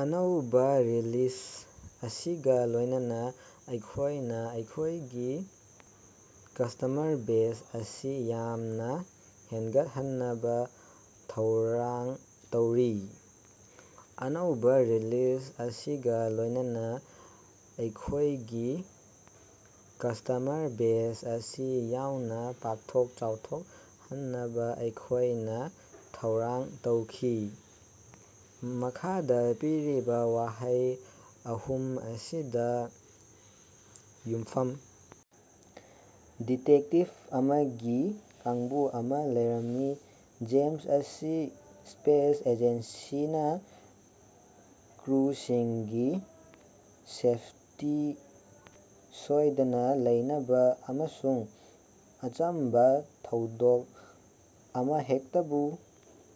ꯑꯅꯧꯕ ꯔꯤꯂꯤꯖ ꯑꯁꯤꯒ ꯂꯣꯏꯅꯅ ꯑꯩꯈꯣꯏꯅ ꯑꯩꯈꯣꯏꯒꯤ ꯀꯁꯇꯃꯔ ꯕꯦꯖ ꯑꯁꯤ ꯌꯥꯝꯅ ꯍꯦꯟꯒꯠꯍꯟꯅꯕ ꯊꯧꯔꯥꯡ ꯇꯧꯔꯤ꯫ ꯑꯅꯧꯕ ꯔꯤꯂꯤꯖ ꯑꯁꯤꯒ ꯂꯣꯏꯅꯅ ꯑꯩꯈꯣꯏꯒꯤ ꯀꯁꯇꯃꯔ ꯕꯦꯖ ꯑꯁꯤ ꯆꯥꯎꯅ ꯄꯥꯛꯊꯣꯛ ꯆꯥꯎꯊꯣꯛꯍꯟꯅꯕ ꯑꯩꯈꯣꯏꯅ ꯊꯧꯔꯥꯡ ꯇꯧꯈꯤ꯫ ꯃꯈꯥꯗ ꯄꯤꯔꯤꯕ ꯋꯥꯍꯩ ꯑꯍꯨꯝ ꯑꯁꯤꯗ ꯌꯨꯝꯐꯝ ꯗꯤꯇꯦꯛꯇꯤꯚ ꯑꯃꯒꯤ ꯀꯥꯡꯕꯨ ꯑꯃ ꯂꯩꯔꯝꯃꯤ꯫ ꯖꯦꯝꯁ ꯑꯁꯤ ꯁ꯭ꯄꯦꯁ ꯑꯦꯖꯦꯟꯁꯤꯅ ꯀ꯭ꯔꯨꯁꯤꯡꯒꯤ ꯁꯦꯐꯇꯤ ꯁꯣꯏꯗꯅ ꯂꯩꯅꯕ ꯑꯃꯁꯨꯡ ꯑꯆꯝꯕ ꯊꯧꯗꯣꯛ ꯑꯃꯍꯦꯛꯇꯕꯨ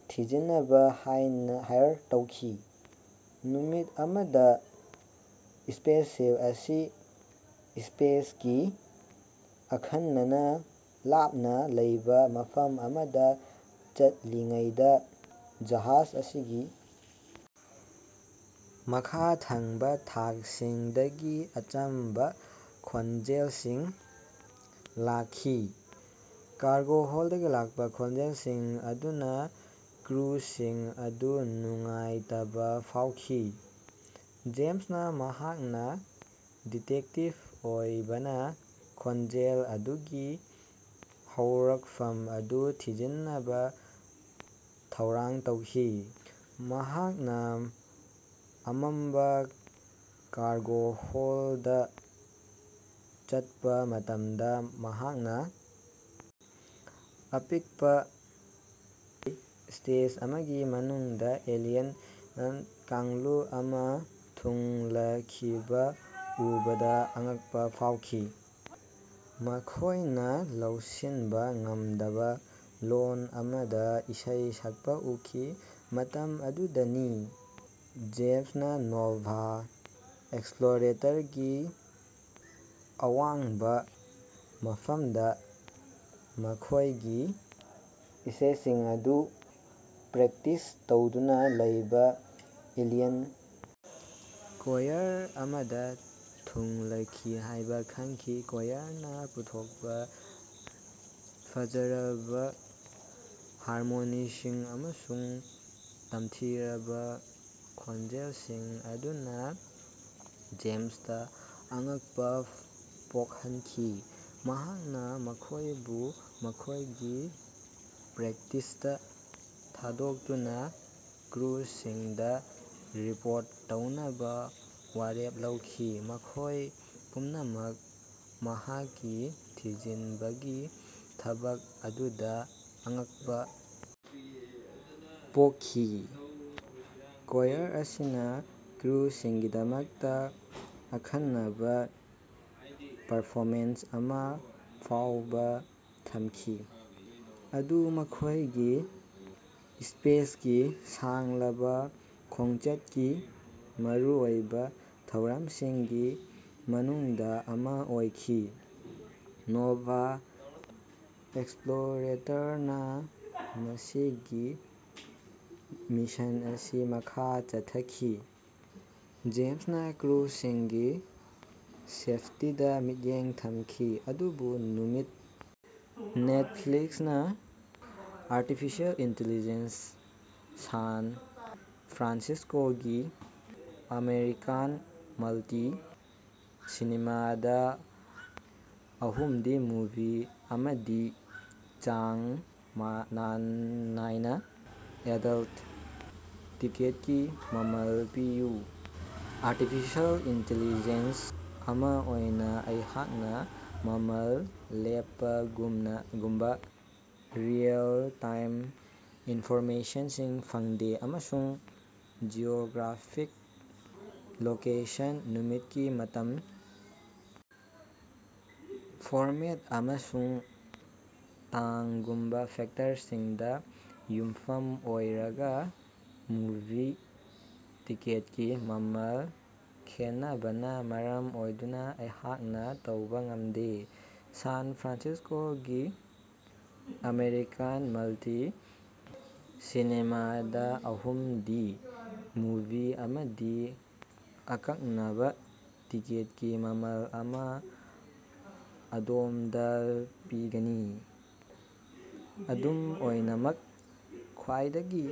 ꯊꯤꯖꯤꯟꯅꯕ ꯍꯥꯏꯅ ꯍꯥꯏꯌ꯭ꯔ ꯇꯧꯈꯤ꯫ ꯅꯨꯃꯤꯠ ꯑꯃꯗ ꯁ꯭ꯄꯦꯁꯁꯤꯞ ꯑꯁꯤ ꯁ꯭ꯄꯦꯁꯀꯤ ꯑꯈꯟꯅꯅ ꯂꯥꯞꯅ ꯂꯩꯕ ꯃꯐꯝ ꯑꯃꯗ ꯆꯠꯂꯤꯉꯩꯗ ꯖꯍꯥꯖ ꯑꯁꯤꯒꯤ ꯃꯈ ꯊꯪꯕ ꯊꯥꯛꯁꯤꯡꯗꯒꯤ ꯑꯆꯝꯕ ꯈꯣꯟꯖꯦꯜꯁꯤꯡ ꯂꯥꯛꯈꯤ꯫ ꯀꯥꯔꯒꯣ ꯍꯣꯜꯗꯇꯒꯤ ꯂꯥꯛꯄ ꯈꯣꯟꯖꯦꯜꯁꯤꯡ ꯑꯗꯨꯅ ꯀ꯭ꯔꯨꯁꯤꯡ ꯑꯗꯨ ꯅꯨꯡꯉꯥꯏꯇꯕ ꯐꯥꯎꯈꯤ꯫ ꯖꯦꯝꯁꯅ ꯃꯍꯥꯛꯅ ꯗꯤꯇꯦꯛꯇꯤꯚ ꯑꯣꯏꯕꯅ ꯈꯣꯟꯖꯦꯜ ꯑꯗꯨꯒꯤ ꯍꯧꯔꯛꯐꯝ ꯑꯗꯨ ꯊꯤꯖꯤꯟꯅꯕ ꯊꯧꯔꯥꯡ ꯇꯧꯈꯤ꯫ ꯃꯍꯥꯛꯅ ꯑꯃꯝꯕ ꯀꯥꯔꯒꯣ ꯍꯣꯜꯗꯇ ꯆꯠꯄ ꯃꯇꯝꯗ, ꯃꯍꯥꯛꯅ ꯑꯄꯤꯛꯄ ꯁ꯭ꯇꯦꯖ ꯑꯃꯒꯤ ꯃꯅꯨꯡꯗ ꯑꯦꯂꯤꯌꯟ ꯀꯥꯡꯂꯨꯞ ꯑꯃ ꯊꯨꯡꯂꯈꯤꯕ ꯎꯕꯗ ꯑꯉꯛꯄ ꯐꯥꯎꯈꯤ꯫ ꯃꯈꯣꯏꯅ ꯂꯧꯁꯤꯟꯕ ꯉꯝꯗꯕ ꯂꯣꯟ ꯑꯃꯗ ꯏꯁꯩ ꯁꯛꯄ ꯎꯈꯤ꯫ ꯃꯇꯝ ꯑꯗꯨꯗꯅꯤ ꯖꯦꯝꯁꯅ ꯅꯣꯚꯥ ꯑꯦꯛꯁꯞꯂꯣꯔꯦꯇꯔꯒꯤ ꯑꯋꯥꯡꯕ ꯃꯐꯝꯗ ꯃꯈꯣꯏꯒꯤ ꯏꯁꯩꯁꯤꯡ ꯑꯗꯨ ꯄ꯭ꯔꯦꯛꯇꯤꯁ ꯇꯧꯗꯨꯅ ꯂꯩꯕ ꯑꯦꯂꯤꯌꯟ ꯀꯣꯌꯔ ꯑꯃꯗ ꯊꯨꯡꯂꯈꯤ ꯍꯥꯏꯕ ꯈꯪꯈꯤ꯫ ꯀꯣꯌꯔꯅ ꯄꯨꯊꯣꯛꯄ ꯐꯖꯔꯕ ꯍꯥꯔꯃꯣꯅꯤꯁꯤꯡ ꯑꯃꯁꯨꯡ ꯇꯝꯊꯤꯔꯕ ꯈꯣꯟꯖꯦꯜꯁꯤꯡ ꯑꯗꯨꯅ ꯖꯦꯝꯁꯇ ꯑꯉꯛꯄ ꯄꯣꯛꯍꯟꯈꯤ꯫ ꯃꯍꯥꯛꯅ ꯃꯈꯣꯏꯕꯨ ꯃꯈꯣꯏꯒꯤ ꯄ꯭ꯔꯦꯛꯇꯤꯁꯇ ꯊꯥꯗꯣꯛꯇꯨꯅ ꯀ꯭ꯔꯨꯁꯤꯡꯗ ꯔꯤꯄꯣꯔꯠ ꯇꯧꯅꯕ ꯋꯥꯔꯦꯞ ꯂꯧꯈꯤ, ꯃꯈꯣꯏ ꯄꯨꯝꯅꯃꯛ ꯃꯍꯥꯛꯀꯤ ꯊꯤꯖꯤꯟꯕꯒꯤ ꯊꯕꯛ ꯑꯗꯨꯗ ꯑꯉꯛꯄ ꯄꯣꯛꯈꯤ꯫ ꯀꯣꯌꯔ ꯑꯁꯤꯅ ꯀ꯭ꯔꯨꯁꯤꯡꯒꯤꯗꯃꯛꯇ ꯑꯈꯟꯅꯕ ꯄꯔꯐꯣꯃꯦꯟꯁ ꯑꯃ ꯐꯥꯎꯕ ꯊꯝꯈꯤ, ꯃꯗꯨ ꯃꯈꯣꯏꯒꯤ ꯁ꯭ꯄꯦꯁꯀꯤ ꯁꯥꯡꯂꯕ ꯈꯣꯡꯆꯠꯀꯤ ꯃꯔꯨꯑꯣꯏꯕ ꯊꯧꯔꯝꯁꯤꯡꯒꯤ ꯃꯅꯨꯡꯗ ꯑꯃ ꯑꯣꯏꯈꯤ꯫ ꯅꯣꯚꯥ ꯑꯦꯛꯁꯄꯂꯣꯔꯦꯇꯔꯅ ꯃꯁꯤꯒꯤ ꯃꯤꯁꯟ ꯑꯁꯤ ꯃꯈꯥ ꯆꯠꯊꯈꯤ, ꯖꯦꯝꯁꯅ ꯀ꯭ꯔꯨꯁꯤꯡꯒꯤ ꯁꯦꯐꯇꯤꯗ ꯃꯤꯠꯌꯦꯡ ꯊꯝꯈꯤ꯫ ꯑꯗꯨꯕꯨ ꯅꯨꯃꯤꯠ ꯅꯦꯇꯐ꯭ꯂꯤꯛꯁꯅ ꯑꯥꯔꯇꯤꯐꯤꯁ꯭ꯌꯜ ꯏꯟꯇꯦꯂꯤꯖꯦꯟꯁ ꯁꯥꯟ ꯐ꯭ꯔꯥꯟꯁꯤꯁ꯭ꯀꯣꯒꯤ ꯑꯃꯦꯔꯤꯀꯥꯟ ꯃꯜꯇꯤ- ꯁꯤꯅꯦꯃꯥ ꯗ ꯑꯍꯨꯝꯗꯤ ꯃꯨꯚꯤ ꯑꯃꯒꯤ ꯆꯥꯡ ꯅꯥꯏꯅ ꯑꯦꯗꯜꯇ ꯇꯤꯀꯦꯠꯀꯤ ꯃꯃꯜ ꯄꯤꯌꯨ꯫ ꯑꯥꯔꯇꯤꯐꯤꯁ꯭ꯌꯜ ꯏꯟꯇꯦꯂꯤꯖꯦꯟꯁ ꯑꯃ ꯑꯣꯏꯅ ꯑꯩꯍꯥꯛꯅ ꯃꯃꯜ ꯂꯦꯞꯄꯒꯨꯝꯅ ꯂꯦꯞꯄꯒꯨꯝꯕ ꯔꯤꯑꯦꯜ-ꯇꯥꯏꯝ ꯏꯟꯐꯣꯔꯃꯦꯁꯟꯁꯤꯡ ꯐꯪꯗꯦ ꯑꯃꯁꯨꯡ ꯖꯤꯑꯣꯒ꯭ꯔꯥꯐꯤꯛ ꯂꯣꯀꯦꯁꯟ, ꯅꯨꯃꯤꯠꯀꯤ ꯃꯇꯝ, ꯐꯣꯔꯃꯦꯠ, ꯑꯃꯁꯨꯡ ꯇꯥꯡꯒꯨꯝꯕ ꯐꯦꯛꯇꯔꯁꯤꯡꯗ ꯌꯨꯝꯐꯝ ꯑꯣꯏꯔꯒ ꯃꯨꯚꯤ ꯇꯤꯀꯦꯠꯀꯤ ꯃꯃꯜ ꯈꯦꯠꯅꯕꯅ ꯃꯔꯝ ꯑꯣꯏꯗꯨꯅ ꯑꯩꯍꯥꯛꯅ ꯇꯧꯕ ꯉꯝꯗꯦ꯫ ꯁꯥꯟ ꯐ꯭ꯔꯥꯟꯁꯤꯁ꯭ꯀꯣꯒꯤ ꯑꯃꯦꯔꯤꯀꯥꯟ ꯃꯜꯇꯤ- ꯁꯤꯅꯦꯃꯥ ꯗ ꯑꯍꯨꯝꯗꯤ ꯃꯨꯚꯤ ꯑꯃꯗꯤ ꯑꯀꯛꯅꯕ ꯇꯤꯀꯦꯠꯀꯤ ꯃꯃꯜ ꯑꯃ ꯑꯗꯣꯝꯗ ꯄꯤꯒꯅꯤ꯫ ꯑꯗꯨꯝ ꯑꯣꯏꯅꯃꯛ ꯈ꯭ꯋꯥꯏꯗꯒꯤ